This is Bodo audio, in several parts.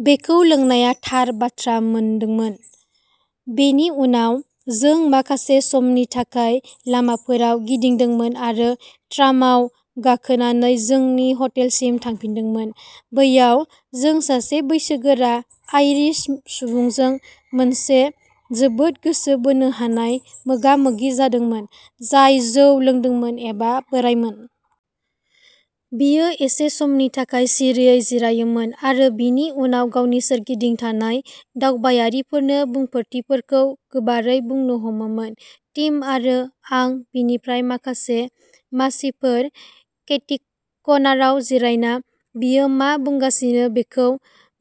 बेखौ लोंनाया थार बाथ्रा मोनदोंमोन। बेनि उनाव, जों माखासे समनि थाखाय लामाफोराव गिदिंदोंमोन आरो ट्रामआव गाखोनानै जोंनि हटेलसिम थांफिनदोंमोन। बैयाव, जों सासे बैसोगोरा आइरिश सुबुंजों मोनसे जोबोद गोसो बोनो हानाय मोगा-मोगि जादोंमोन, जाय जौ लोंदोंमोन एबा बोराइमोन। बियो एसे समनि थाखाय सिरियै जिरायोमोन, आरो बिनि उनाव गावनि सोरगिदिं थानाय दावबायारिफोरनो बुंफोरथिफोरखौ गोबारै बुंनो हमोमोन। टिम आरो आं बिनिफ्राय माखासे मासिफोर केटिक'नाराव जिरायना, बियो मा बुंगासिनो बेखौ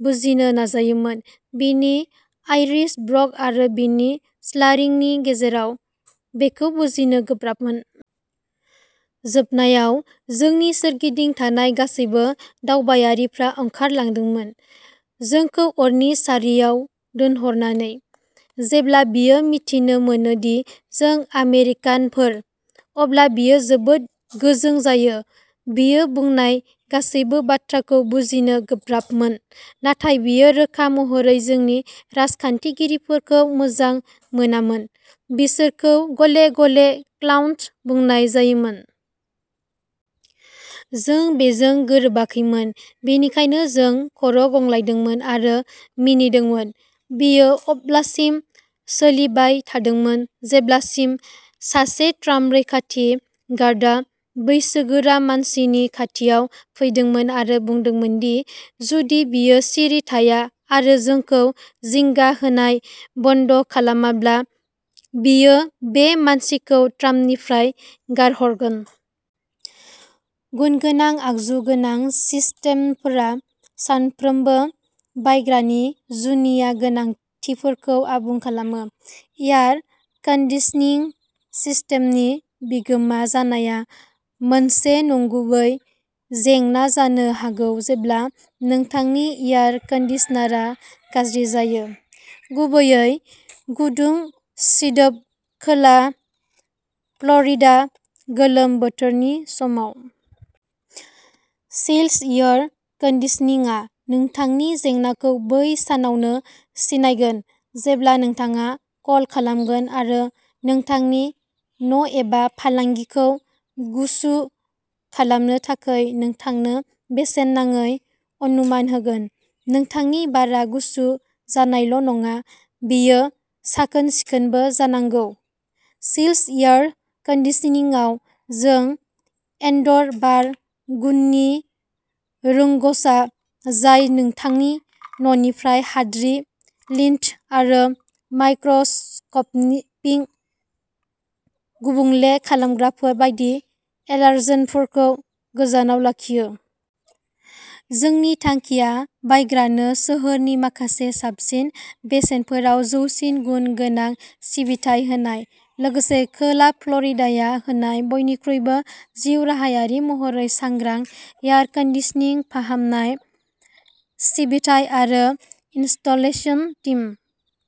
बुजिनो नाजायोमोन। बिनि आइरिश ब्रग आरो बिनि स्लारिंनि गेजेराव, बेखौ बुजिनो गोब्राबमोन। जोबनायाव, जोंनि सोरगिदिं थानाय गासैबो दावबायारिफ्रा ओंखारलांदोंमोन, जोंखौ अरनि सारियाव दोनहरनानै। जेब्ला बियो मिथिनो मोनो दि जों आमेरिकानफोर, अब्ला बियो जोबोद गोजों जायो। बियो बुंनाय गासैबो बाथ्राखौ बुजिनो गोब्राबमोन, नाथाय बियो रोखा महरै जोंनि राजखान्थिगिरिफोरखौ मोजां मोनामोन, बिसोरखौ गले-गले "क्लाउन" बुंनाय जायोमोन। जों बेजों गोरोबाखैमोन, बेनिखायनो जों खर'गंग्लायदोंमोन आरो मिनिदोंमोन। बेयो अब्लासिम सोलिबाय थादोंमोन जेब्लासिम सासे ट्राम रैखाथि गारदा बैसोगोरा मानसिनि खाथियाव फैदोंमोन आरो बुंदोंमोन दि जुदि बियो सिरि थाङा आरो जोंखौ जिंगा होनाय बन्द'खालामाब्ला, बियो बे मानसिखौ ट्रामनिफ्राय गारहरगोन। गुनगोनां आगजु गोनां सिस्टेमफोरा साफ्रोमबो बायग्रानि जुनिया गोनांथिफोरखौ आबुं खालामो। एयार कन्दिसनिं सिस्टेमनि बिगोमा जानाया मोनसे नंगुबै जेंना जानो हागौ जेब्ला नोंथांनि एयार कन्दिसनारआ गाज्रि जायो, गुबैयै गुदुं सिदोब खोला फ्ल'रिडा गोलोम बोथोरनि समाव! चिल्स एयार कन्दिसनिंआ नोंथांनि जेंनाखौ बै सानावनो सिनायगोन जेब्ला नोंथाङा कल खालामगोन आरो नोंथांनि न'एबा फालांगिखौ गुसु खालामनो थाखाय नोंथांनो बेसेन नाङै अनुमान होगोन। नोंथांनि बारआ गुसु जानायल'नङा, बेयो साखोन-सिखोनबो जानांगौ। चिल्स एयार कन्दिसनिंआव, जों इनड'र बार गुननि रोंग'सा, जाय नोंथांनि न'निफ्राय हाद्रि, लिन्ट आरो माइक्र'स्क'पिक गुबुंले खालामग्राफोर बायदि एलार्जेनफोरखौ गोजानाव लाखियो। जोंनि थांखिया बायग्रानो सोहोरनि माखासे साबसिन बेसेनफोराव जौसिन गुन गोनां सिबिथाइ होनाय, लोगोसे खोला फ्ल'रिडाया होनाय बयनिख्रुइबो जिउराहायारि महरै सांग्रां एयार कन्दिसनिं फाहामनाय, सिबिथाइ आरो इनस्टलेशन टीम।